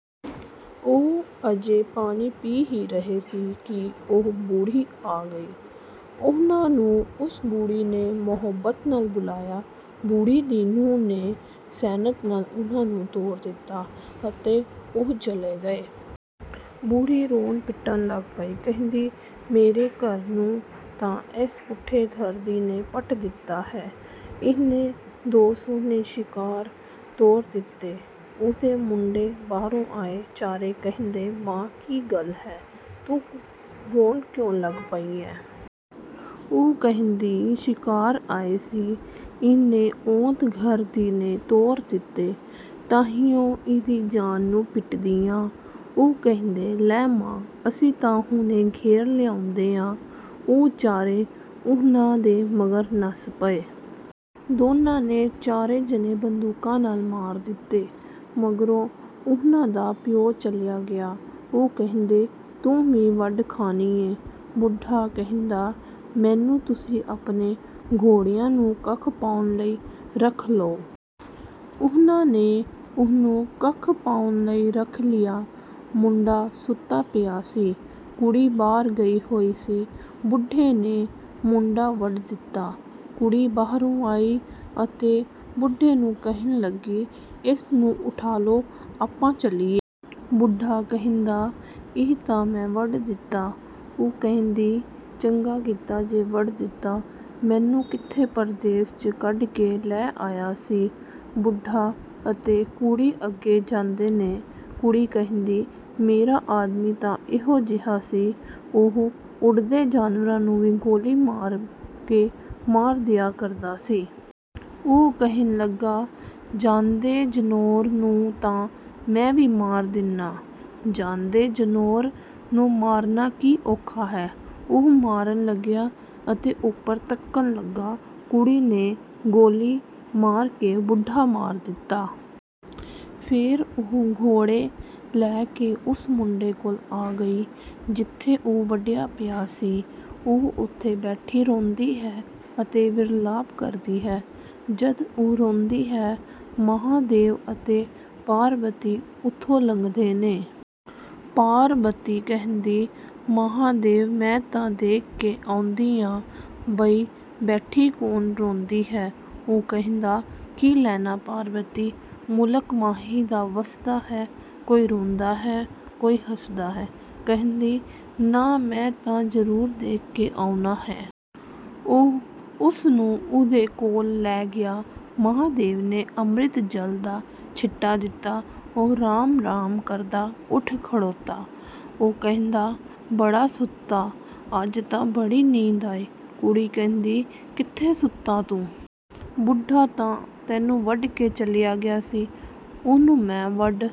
ਉਹ ਅਜੇ ਪਾਣੀ ਪੀ ਹੀ ਰਹੇ ਸੀ ਕਿ ਉਹ ਬੁੜ੍ਹੀ ਆ ਗਈ। ਉਹਨਾਂ ਨੂੰ ਉਸ ਬੁੜ੍ਹੀ ਨੇ ਮੁਹੱਬਤ ਨਾਲ ਬੁਲਾਇਆ। ਬੁੜ੍ਹੀ ਦੀ ਨੂੰਹ ਨੇ ਸੈਨਤ ਨਾਲ ਉਹਨਾਂ ਨੂੰ ਤੋਰ ਦਿੱਤਾ, ਅਤੇ ਉਹ ਚਲੇ ਗਏ। ਬੁੜ੍ਹੀ ਰੋਣ-ਪਿੱਟਣ ਲੱਗ ਪਈ, ਕਹਿੰਦੀ, "ਮੇਰੇ ਘਰ ਨੂੰ ਤਾਂ ਏਸ ਪੁੱਠੇ ਘਰ ਦੀ ਨੇ ਪੱਟ ਦਿੱਤਾ ਹੈ! ਇਹਨੇ ਦੋ ਸੋਹਣੇ ਸ਼ਿਕਾਰ ਤੋਰ ਦਿੱਤੇ।" ਉਹਦੇ ਮੁੰਡੇ ਬਾਹਰੋਂ ਆਏ। ਚਾਰੇ ਕਹਿੰਦੇ, "ਮਾਂ, ਕੀ ਗੱਲ ਹੈ, ਤੂੰ ਰੋਣ ਕਿਉਂ ਲੱਗ ਪਈ ਐਂ?" ਉਹ ਕਹਿੰਦੀ, "ਸ਼ਿਕਾਰ ਆਏ ਸੀ, ਇਹਨੇ ਔਂਤ-ਘਰ ਦੀ ਨੇ ਤੋਰ ਦਿੱਤੇ, ਤਾਂਹੀਓਂ ਇਹਦੀ ਜਾਨ ਨੂੰ ਪਿੱਟਦੀ ਆਂ।" ਉਹ ਕਹਿੰਦੇ, "ਲੈ ਮਾਂ, ਅਸੀਂ ਤਾਂ ਹੁਣੇ ਘੇਰ ਲਿਆਉਂਦੇ ਆਂ।" ਉਹ ਚਾਰੇ ਉਹਨਾਂ ਦੇ ਮਗਰ ਨੱਸ ਪਏ। ਦੋਨਾਂ ਨੇ ਚਾਰੇ ਜਣੇ ਬੰਦੂਕਾਂ ਨਾਲ ਮਾਰ ਦਿੱਤੇ। ਮਗਰੋਂ ਉਹਨਾਂ ਦਾ ਪਿਓ ਚਲਿਆ ਗਿਆ। ਉਹ ਕਹਿੰਦੇ, "ਤੂੰ ਵੀ ਵੱਢ ਖਾਣੀ ਐਂ?" ਬੁਢਾ ਕਹਿੰਦਾ, "ਮੈਨੂੰ ਤੁਸੀਂ ਆਪਣੇ ਘੋੜਿਆਂ ਨੂੰ ਕੱਖ ਪਾਉਣ ਲਈ ਰੱਖ ਲਓ।" ਉਹਨਾਂ ਨੇ ਉਹਨੂੰ ਕੱਖ ਪਾਉਣ ਲਈ ਰੱਖ ਲਿਆ। ਮੁੰਡਾ ਸੁੱਤਾ ਪਿਆ ਸੀ। ਕੁੜੀ ਬਾਹਰ ਗਈ ਹੋਈ ਸੀ। ਬੁਢੇ ਨੇ ਮੁੰਡਾ ਵੱਢ ਦਿੱਤਾ। ਕੁੜੀ ਬਾਹਰੋਂ ਆਈ ਅਤੇ ਬੁਢੇ ਨੂੰ ਕਹਿਣ ਲੱਗੀ, "ਏਸ ਨੂੰ ਉਠਾਲੋ, ਆਪਾਂ ਚੱਲੀਏ।" ਬੁਢਾ ਕਹਿੰਦਾ, "ਇਹ ਤਾਂ ਮੈਂ ਵੱਢ ਦਿੱਤਾ!" ਉਹ ਕਹਿੰਦੀ, "ਚੰਗਾ ਕੀਤਾ ਜੇ ਵੱਢ ਦਿੱਤਾ! ਮੈਨੂੰ ਕਿੱਥੇ ਪਰਦੇਸ 'ਚ ਕੱਢ ਕੇ ਲੈ ਆਇਆ ਸੀ।" ਬੁਢਾ ਅਤੇ ਕੁੜੀ ਅੱਗੇ ਜਾਂਦੇ ਨੇ। ਕੁੜੀ ਕਹਿੰਦੀ, "ਮੇਰਾ ਆਦਮੀ ਤਾਂ ਇਹੋ ਜਿਹਾ ਸੀ, ਉਹ ਉੱਡਦੇ ਜਾਨਵਰਾਂ ਨੂੰ ਵੀ ਗੋਲੀ ਮਾਰ ਕੇ ਮਾਰ ਦਿਆ ਕਰਦਾ ਸੀ।" ਉਹ ਕਹਿਣ ਲੱਗਾ, "ਜਾਂਦੇ ਜਨੌਰ ਨੂੰ ਤਾਂ ਮੈਂ ਵੀ ਮਾਰ ਦਿੰਨਾਂ! ਜਾਂਦੇ ਜਨੌਰ ਨੂੰ ਮਾਰਨਾ ਕੀ ਔਖਾ ਹੈ।" ਉਹ ਮਾਰਨ ਲੱਗਿਆ ਅਤੇ ਉੱਪਰ ਤੱਕਣ ਲੱਗਾ। ਕੁੜੀ ਨੇ ਗੋਲੀ ਮਾਰ ਕੇ ਬੁਢਾ ਮਾਰ ਦਿੱਤਾ। ਫ਼ੇਰ ਉਹ ਘੋੜੇ ਲੈ ਕੇ ਉਸ ਮੁੰਡੇ ਕੋਲ ਆ ਗਈ ਜਿੱਥੇ ਉਹ ਵੱਢਿਆ ਪਿਆ ਸੀ। ਉਹ ਉੱਥੇ ਬੈਠੀ ਰੋਂਦੀ ਹੈ ਅਤੇ ਵਿਰਲਾਪ ਕਰਦੀ ਹੈ। ਜਦ ਉਹ ਰੋਂਦੀ ਹੈ, ਮਹਾਂਦੇਵ ਅਤੇ ਪਾਰਬਤੀ ਉੱਥੋਂ ਲੰਘਦੇ ਨੇ! ਪਾਰਬਤੀ ਕਹਿੰਦੀ, "ਮਹਾਂਦੇਵ, ਮੈਂ ਤਾਂ ਦੇਖ ਕੇ ਆਉਂਦੀ ਆਂ ਬਈ ਬੈਠੀ ਕੌਣ ਰੋਂਦੀ ਹੈ।" ਉਹ ਕਹਿੰਦਾ, "ਕੀ ਲੈਣਾ ਪਾਰਬਤੀ! ਮੁਲਕ ਮਾਹੀ ਦਾ ਵਸਦਾ ਹੈ, ਕੋਈ ਰੋਂਦਾ ਹੈ, ਕੋਈ ਹੱਸਦਾ ਹੈ।" ਕਹਿੰਦੀ, "ਨਾ, ਮੈਂ ਤਾਂ ਜ਼ਰੂਰ ਦੇਖ ਕੇ ਆਉਣਾ ਹੈ।" ਉਹ ਉਸ ਨੂੰ ਉਹਦੇ ਕੋਲ ਲੈ ਗਿਆ। ਮਹਾਂਦੇਵ ਨੇ ਅੰਮ੍ਰਿਤ ਜਲ ਦਾ ਛਿੱਟਾ ਦਿੱਤਾ। ਉਹ 'ਰਾਮ-ਰਾਮ' ਕਰਦਾ ਉੱਠ ਖੜ੍ਹੋਤਾ! ਉਹ ਕਹਿੰਦਾ, "ਬੜਾ ਸੁੱਤਾ, ਅੱਜ ਤਾਂ ਬੜੀ ਨੀਂਦ ਆਈ।" ਕੁੜੀ ਕਹਿੰਦੀ, "ਕਿੱਥੇ ਸੁੱਤਾ ਤੂੰ! ਬੁਡਾ ਤਾਂ ਤੈਨੂੰ ਵੱਢ ਕੇ ਚਲਿਆ ਗਿਆ ਸੀ, ਉਹਨੂੰ ਮੈਂ ਵੱਢ